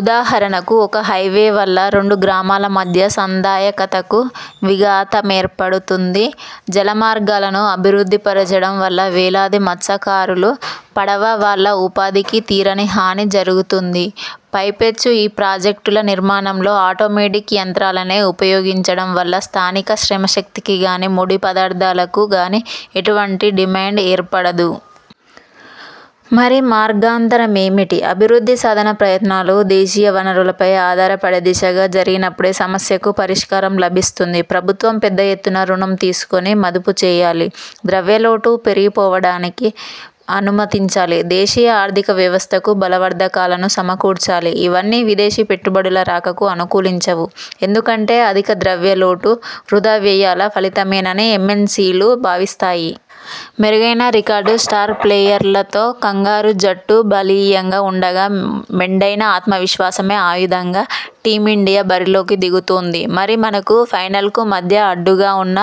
ఉదాహరణకు ఒక హైవే వల్ల రెండు గ్రామాల మధ్య సంధాయకతకు విఘాతమేర్పడుతుంది. జలమార్గాలను అభివృద్ధిపరచడం వల్ల వేలాది మత్స్యకారులు, పడవ వాళ్ళ ఉపాధికి తీరని హాని జరుగుతుంది. పైపెచ్చు ఈ ప్రాజెక్టుల నిర్మాణంలో ఆటోమెటిక్ యంత్రాలనే ఉపయోగించడం వల్ల స్థానిక శ్రమశక్తికి గానీ, ముడి పదార్థాలకు గానీ ఎటువంటి డిమాండ్ ఏర్పడదు. మరి మార్గాంతరమేమిటి? అభివృద్ధి సాధనా ప్రయత్నాలు దేశీయ వనరులపై ఆధారపడేదిశగా జరిగినప్పుడే సమస్యకు పరిష్కారం లభిస్తుంది. ప్రభుత్వం పెద్దఎత్తున రుణం తీసుకొని మదుపుచేయాలి. ద్రవ్యలోటు పెరిగిపోవడానకి అనుమతించాలి. దేశీయ ఆర్థికవ్యవస్థకు బలవర్ధకాలను సమకూర్చాలి. ఇవన్నీ విదేశీ పెట్టుబడుల రాకకు అనుకూలించవు. ఎందుకంటే అధిక ద్రవ్యలోటు వృథావ్యయాల ఫలితమేనని ఎమ్ఎన్సీలు భావిస్తాయి. మెరుగైన రికార్డు స్టార్ ప్లేయర్లతో కంగారూ జట్టు బలీయంగా ఉండగా మెండైన ఆత్మవిశ్వాసమే ఆయుధంగా టీమిండి యా బరిలోకి దిగుతోంది! మరి, మనకు ఫైనల్కు మధ్య అడ్డుగా ఉన్న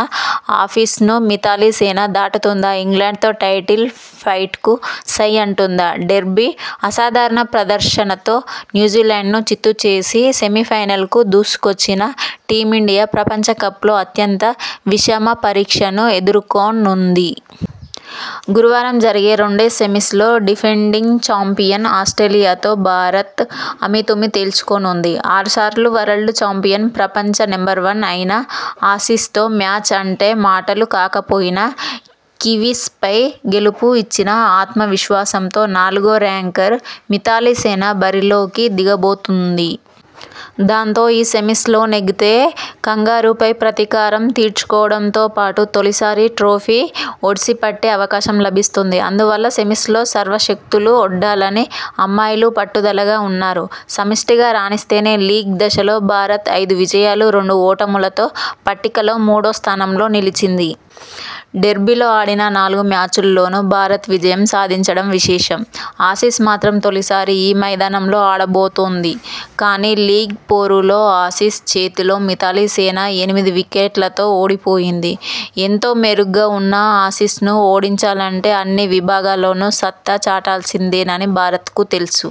ఆసీస్ను మిథాలీసేన దాటుతుందా ఇంగ్లండ్తో టైటిల్ ఫైట్కు సై అంటుందా? డెర్బీ: అసాధారణ ప్రదర్శనతో న్యూజిలాండ్ను చిత్తు చేసి సెమీఫైనల్కు దూసుకొచ్చిన టీమిండియా ప్రపంచకప్లో అత్యంత విషమపరీక్షను ఎదుర్కో నుంది. గురువారం జరిగే రెండో సెమీస్లో డిఫెం డింగ్ చాంపియన్ ఆస్ట్రేలియాతో భారత్ అమీతుమీ తేల్చుకోనుంది. ఆరుసార్లు వరల్డ్ చాంపియన్, ప్రపం చ నెంబర్ వన్ అయిన ఆసీస్తో మ్యాచ్ అంటే మా టలు కాకపోయిన కివీస్పై గెలుపు ఇచ్చిన ఆత్మ విశ్వాసంతో నాలుగో ర్యాంకర్ మిథాలీసేన బరిలోకి దిగబోతోంది. దాంతో, ఈ సెమీస్లో నెగ్గితే కంగారూలపై ప్రతీకారం తీర్చుకోవడంతోపాటు తొలిసారి ట్రోఫీ ఒడిసిపట్టే అవకాశం లభిస్తుంది. అందువల్ల సెమీస్లో సర్వ శక్తులూ ఒడ్డాలని అమ్మాయిలు పట్టుదలగా ఉన్నారు. సమష్టిగా రాణిస్తేనే లీగ్ దశలో భారత్ ఐదు విజయాలు, రెండు ఓటములతో పట్టికలో మూడో స్థానంలో నిలిచింది. డెర్బీలో ఆడిన నాలుగు మ్యాచ్ల్లోనూ భారత్ విజ యం సాధించడం విశేషం. ఆసీస్ మాత్రం తొలి సారి ఈ మైదానంలో ఆడబోతోంది. కానీ, లీగ్ పోరు లో ఆసీస్ చేతిలో మిథాలీసేన ఎనిమిది వికె ట్లతో ఓడిపోయింది. ఎంతో మెరుగ్గా ఉన్న ఆసీస్ను ఓడిం చాలంటే అన్ని విభాగాల్లోనూ సత్తా చాటాల్సిందేనని భారత్కు తెలుసు.